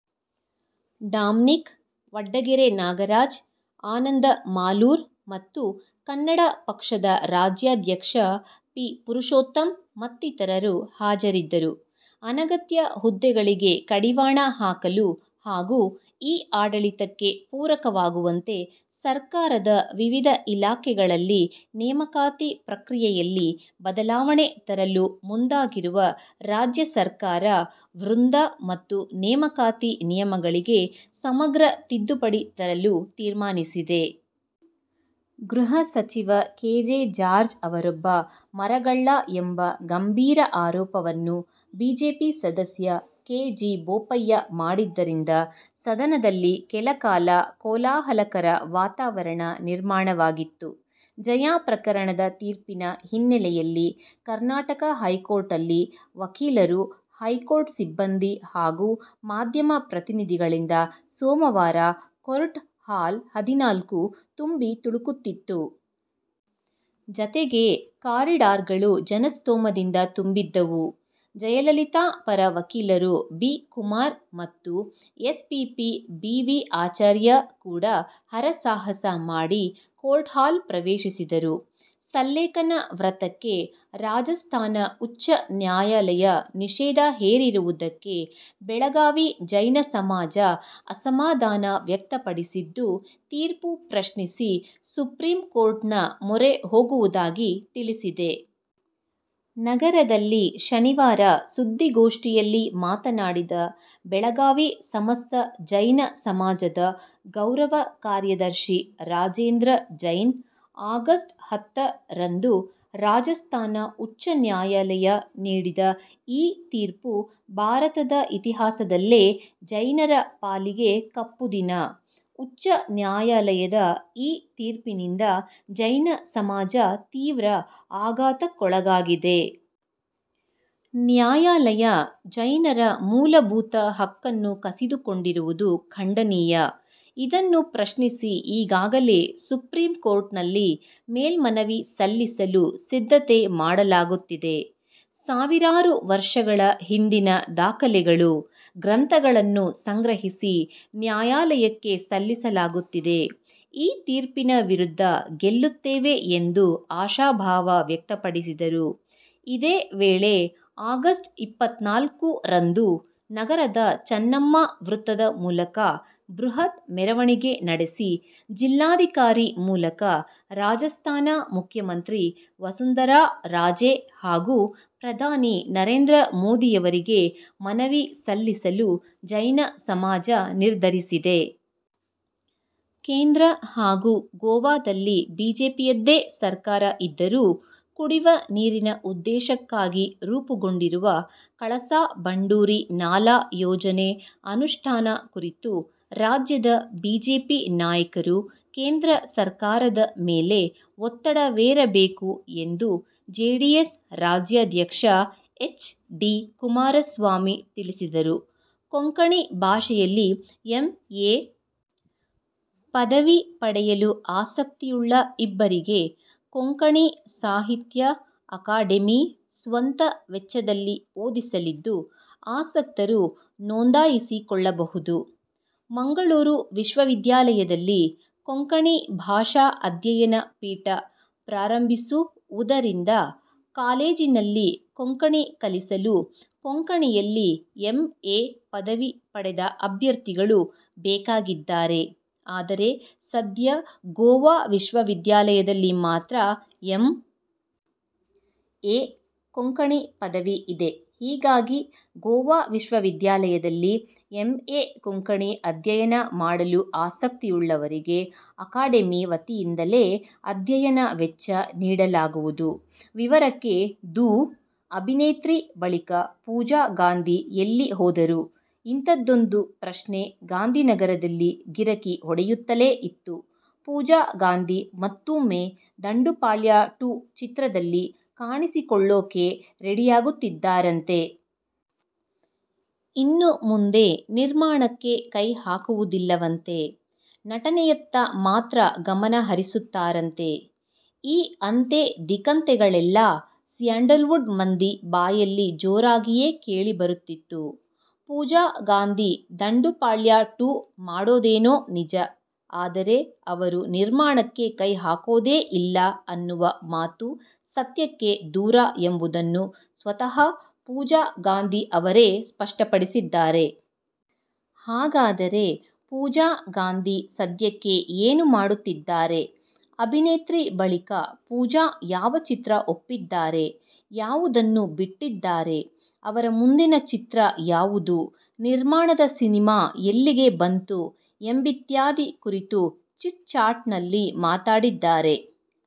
Dominic, Vaddagere Nagaraj, Ananda Malur ಮತ್ತು ಕನ್ನಡ ಪಕ್ಷದ ರಾಜ್ಯಾಧ್ಯಕ್ಷ ಪಿ. ಪುರುಷೋತ್ತಮ್ ಮತ್ತಿತರರು ಹಾಜರಿದ್ದರು. ಅನಗತ್ಯ ಹುದ್ದೆಗಳಿಗೆ ಕಡಿವಾಣ ಹಾಕಲು ಹಾಗೂ ಇ-ಆಡಳಿತಕ್ಕೆ ಪೂರಕವಾಗುವಂತೆ ಸರ್ಕಾರದ ವಿವಿಧ ಇಲಾಖೆಗಳಲ್ಲಿ ನೇಮಕಾತಿ ಪ್ರಕ್ರಿಯೆಯಲ್ಲಿ ಬದಲಾವಣೆ ತರಲು ಮುಂದಾಗಿರುವ ರಾಜ್ಯ ಸರ್ಕಾರ ವೃಂದ ಮತ್ತು ನೇಮಕಾತಿ ನಿಯಮಗಳಿಗೆ ಸಮಗ್ರ ತಿದ್ದುಪಡಿ ತರಲು ತೀರ್ಮಾನಿಸಿದೆ. ಗೃಹ ಸಚಿವ ಕೆ. ಜೆ. ಜಾರ್ಜ್ ಅವರೊಬ್ಬ ಮರಗಳ್ಳ ಎಂಬ ಗಂಭೀರ ಆರೋಪವನ್ನು ಬಿಜೆಪಿ ಸದಸ್ಯ ಕೆ. ಜಿ. ಬೋಪಯ್ಯ ಮಾಡಿದ್ದರಿಂದ ಸದನದಲ್ಲಿ ಕೆಲಕಾಲ ಕೋಲಾಹಲಕರ ವಾತಾವರಣ ನಿರ್ಮಾಣವಾಗಿತ್ತು. ಜಯಾ ಪ್ರಕರಣದ ತೀರ್ಪಿನ ಹಿನ್ನೆಲೆಯಲ್ಲಿ ಕರ್ನಾಟಕ ಹೈಕೋರ್ಟಲ್ಲಿ ವಕೀಲರು, ಹೈಕೋರ್ಟ್ ಸಿಬ್ಬಂದಿ ಹಾಗೂ ಮಾಧ್ಯಮ ಪ್ರತಿನಿಧಿಗಳಿಂದ ಸೋಮವಾರ ಕೊರ್ಟ್ ಹಾಲ್ ಹದಿನಾಲ್ಕು ತುಂಬಿ ತುಳುಕುತ್ತಿತ್ತು. ಜತೆಗೆ, ಕಾರಿಡಾರ್ಗಳು ಜನಸ್ತೋಮದಿಂದ ತುಂಬಿದ್ದವು. ಜಯಲಲಿತಾ ಪರ ವಕೀಲರು ಬಿ. ಕುಮಾರ್ ಮತ್ತು ಎಸ್ಪಿಪಿ ಬಿ. ವಿ. ಆಚಾರ್ಯ ಕೂಡ ಹರಸಾಹಸ ಮಾಡಿ ಕೋರ್ಟ್ಹಾಲ್ ಪ್ರವೇಶಿಸಿದರು. ಸಲ್ಲೇಖನ ವ್ರತಕ್ಕೆ ರಾಜಸ್ಥಾನ ಉಚ್ಚ ನ್ಯಾಯಾಲಯ ನಿಷೇಧ ಹೇರಿರುವುದಕ್ಕೆ ಬೆಳಗಾವಿ ಜೈನ ಸಮಾಜ ಅಸಮಾಧಾನ ವ್ಯಕ್ತಪಡಿಸಿದ್ದು, ತೀರ್ಪು ಪ್ರಶ್ನಿಸಿ ಸುಪ್ರಿಂಕೋರ್ಟ್ನ ಮೊರೆ ಹೋಗುವುದಾಗಿ ತಿಳಿಸಿದೆ. ನಗರದಲ್ಲಿ ಶನಿವಾರ ಸುದ್ದಿಗೋಷ್ಠಿಯಲ್ಲಿ ಮಾತನಾಡಿದ ಬೆಳಗಾವಿ ಸಮಸ್ತ ಜೈನ ಸಮಾಜದ ಗೌರವ ಕಾರ್ಯದರ್ಶಿ ರಾಜೇಂದ್ರ ಜೈನ್, ಆಗಸ್ಟ್ ಹತ್ತ ರಂದು ರಾಜಸ್ಥಾನ ಉಚ್ಚನ್ಯಾಯಾಲಯ ನೀಡಿದ ಈ ತೀರ್ಪು ಭಾರತದ ಇತಿಹಾಸದಲ್ಲೇ ಜೈನರ ಪಾಲಿಗೆ ಕಪ್ಪುದಿನ. ಉಚ್ಚ ನ್ಯಾಯಾಲಯದ ಈ ತೀರ್ಪಿನಿಂದ ಜೈನ ಸಮಾಜ ತೀವ್ರ ಆಘಾತಕ್ಕೊಳಗಾಗಿದೆ. ನ್ಯಾಯಾಲಯ ಜೈನರ ಮೂಲಭೂತ ಹಕ್ಕನ್ನು ಕಸಿದುಕೊಂಡಿರುವುದು ಖಂಡನೀಯ. ಇದನ್ನು ಪ್ರಶ್ನಿಸಿ ಈಗಾಗಲೇ ಸುಪ್ರಿಂಕೋರ್ಟ್ನಲ್ಲಿ ಮೇಲ್ಮನವಿ ಸಲ್ಲಿಸಲು ಸಿದ್ಧತೆ ಮಾಡಲಾಗುತ್ತಿದೆ. ಸಾವಿರಾರು ವರ್ಷಗಳ ಹಿಂದಿನ ದಾಖಲೆಗಳು, ಗ್ರಂಥಗಳನ್ನು ಸಂಗ್ರಹಿಸಿ ನ್ಯಾಯಾಲಯಕ್ಕೆ ಸಲ್ಲಿಸಲಾಗುತ್ತಿದೆ. ಈ ತೀರ್ಪಿನ ವಿರುದ್ಧ ಗೆಲ್ಲುತ್ತೇವೆ ಎಂದು ಆಶಾಭಾವ ವ್ಯಕ್ತಪಡಿಸಿದರು. ಇದೇ ವೇಳೆ, ಆಗಸ್ಟ್ ಇಪ್ಪತ್ತ್ನಾಲ್ಕು ರಂದು ನಗರದ ಚನ್ನಮ್ಮ ವೃತ್ತದ ಮೂಲಕ ಬೃಹತ್ ಮೆರವಣಿಗೆ ನಡೆಸಿ ಜಿಲ್ಲಾಧಿಕಾರಿ ಮೂಲಕ ರಾಜಸ್ಥಾನ ಮುಖ್ಯಮಂತ್ರಿ ವಸುಂಧರಾ ರಾಜೇ ಹಾಗೂ ಪ್ರಧಾನಿ ನರೇಂದ್ರ ಮೋದಿಯವರಿಗೆ ಮನವಿ ಸಲ್ಲಿಸಲು ಜೈನ ಸಮಾಜ ನಿರ್ಧರಿಸಿದೆ. ಕೇಂದ್ರ ಹಾಗೂ ಗೋವಾದಲ್ಲಿ ಬಿಜೆಪಿಯದ್ದೇ ಸರ್ಕಾರ ಇದ್ದರೂ ಕುಡಿವ ನೀರಿನ ಉದ್ದೇಶಕ್ಕಾಗಿ ರೂಪುಗೊಂಡಿರುವ ಕಳಸಾ-ಬಂಡೂರಿ ನಾಲಾ ಯೋಜನೆ ಅನುಷ್ಠಾನ ಕುರಿತು ರಾಜ್ಯದ ಬಿಜೆಪಿ ನಾಯಕರು ಕೇಂದ್ರ ಸರ್ಕಾರದ ಮೇಲೆ ಒತ್ತಡವೇರಬೇಕು ಎಂದು ಜೆಡಿಎಸ್ ರಾಜ್ಯಾಧ್ಯಕ್ಷ ಎಚ್. ಡಿ. ಕುಮಾರಸ್ವಾಮಿ ತಿಳಿಸಿದರು. ಕೊಂಕಣಿ ಭಾಷೆಯಲ್ಲಿ ಎಂ. ಎ. ಪದವಿ ಪಡೆಯಲು ಆಸಕ್ತಿಯುಳ್ಳ ಇಬ್ಬರಿಗೆ ಕೊಂಕಣಿ ಸಾಹಿತ್ಯ ಅಕಾಡೆಮಿ ಸ್ವಂತ ವೆಚ್ಚದಲ್ಲಿ ಓದಿಸಲಿದ್ದು, ಆಸಕ್ತರು ನೋಂದಾಯಿಸಿಕೊಳ್ಳಬಹುದು. ಮಂಗಳೂರು ವಿಶ್ವವಿದ್ಯಾಲಯದಲ್ಲಿ ಕೊಂಕಣಿ ಭಾಷಾ ಅಧ್ಯಯನ ಪೀಠ ಪ್ರಾರಂಭಿಸು ವುದರಿಂದ ಕಾಲೇಜಿನಲ್ಲಿ ಕೊಂಕಣಿ ಕಲಿಸಲು ಕೊಂಕಣಿಯಲ್ಲಿ ಎಂ. ಎ ಪದವಿ ಪಡೆದ ಅಭ್ಯರ್ಥಿಗಳು ಬೇಕಾಗಿದ್ದಾರೆ. ಆದರೆ, ಸದ್ಯ ಗೋವಾ ವಿಶ್ವವಿದ್ಯಾಲಯದಲ್ಲಿ ಮಾತ್ರ ಎಂ. ಎ. ಕೊಂಕಣಿ ಪದವಿ ಇದೆ. ಹೀಗಾಗಿ ಗೋವಾ ವಿಶ್ವವಿದ್ಯಾಲಯದಲ್ಲಿ ಎಂ. ಎ. ಕೊಂಕಣಿ ಅಧ್ಯಯನ ಮಾಡಲು ಆಸಕ್ತಿಯುಳ್ಳವರಿಗೆ ಅಕಾಡೆಮಿ ವತಿಯಿಂದಲೇ ಅಧ್ಯಯನ ವೆಚ್ಚ ನೀಡಲಾಗುವುದು. ವಿವರಕ್ಕೆ ದೂ. ಅಭಿನೇತ್ರಿ ಬಳಿಕ ಪೂಜಾ ಗಾಂಧಿ ಎಲ್ಲಿ ಹೋದರು? ಇಂಥದ್ದೊಂದು ಪ್ರಶ್ನೆ ಗಾಂಧಿನಗರದಲ್ಲಿ ಗಿರಕಿ ಹೊಡೆಯುತ್ತಲೇ ಇತ್ತು. ಪೂಜಾ ಗಾಂಧಿ ಮತ್ತೂಮ್ಮೆ ದಂಡುಪಾಳ್ಯ-ಟು ಚಿತ್ರದಲ್ಲಿ ಕಾಣಿಸಿಕೊಳ್ಳೋಕೆ ರೆಡಿಯಾಗುತ್ತಿದ್ದಾರಂತೆ. ಇನ್ನು ಮುಂದೆ ನಿರ್ಮಾಣಕ್ಕೆ ಕೈ ಹಾಕುವುದಿಲ್ಲವಂತೆ. ನಟನೆಯತ್ತ ಮಾತ್ರ ಗಮನಹರಿಸುತ್ತಾರಂತೆ. ಈ ಅಂತೆ-ಧಿಕಂತೆಗಳೆಲ್ಲಾ ಸ್ಯಾಂಡಲ್ವುಡ್ ಮಂದಿ ಬಾಯಲ್ಲಿ ಜೋರಾಗಿಯೇ ಕೇಳಿಬರುತ್ತಿತ್ತು. ಪೂಜಾ ಗಾಂಧಿ ದಂಡುಪಾಳ್ಯ-ಟು ಮಾಡೋದೇನೋ ನಿಜ. ಆದರೆ, ಅವರು ನಿರ್ಮಾಣಕ್ಕೆ ಕೈ ಹಾಕೋದೇ ಇಲ್ಲ ಅನ್ನುವ ಮಾತು ಸತ್ಯಕ್ಕೆ ದೂರ ಎಂಬುದನ್ನು ಸ್ವತಃ ಪೂಜಾ ಗಾಂಧಿ ಅವರೇ ಸ್ಪಷ್ಟಪಡಿಸಿದ್ದಾರೆ. ಹಾಗಾದರೆ ಪೂಜಾ ಗಾಂಧಿ ಸದ್ಯಕ್ಕೆ ಏನು ಮಾಡುತ್ತಿದ್ದಾರೆ. ಅಭಿನೇತ್ರಿ ಬಳಿಕ ಪೂಜಾ ಯಾವ ಚಿತ್ರ ಒಪ್ಪಿದ್ದಾರೆ, ಯಾವುದನ್ನು ಬಿಟ್ಟಿದ್ದಾರೆ, ಅವರ ಮುಂದಿನ ಚಿತ್ರ ಯಾವುದು, ನಿರ್ಮಾಣದ ಸಿನಿಮಾ ಎಲ್ಲಿಗೆ ಬಂತು ಎಂಬಿತ್ಯಾದಿ ಕುರಿತು ಚಿಟ್ಚಾಟ್'ನಲ್ಲಿ ಮಾತಾಡಿದ್ದಾರೆ.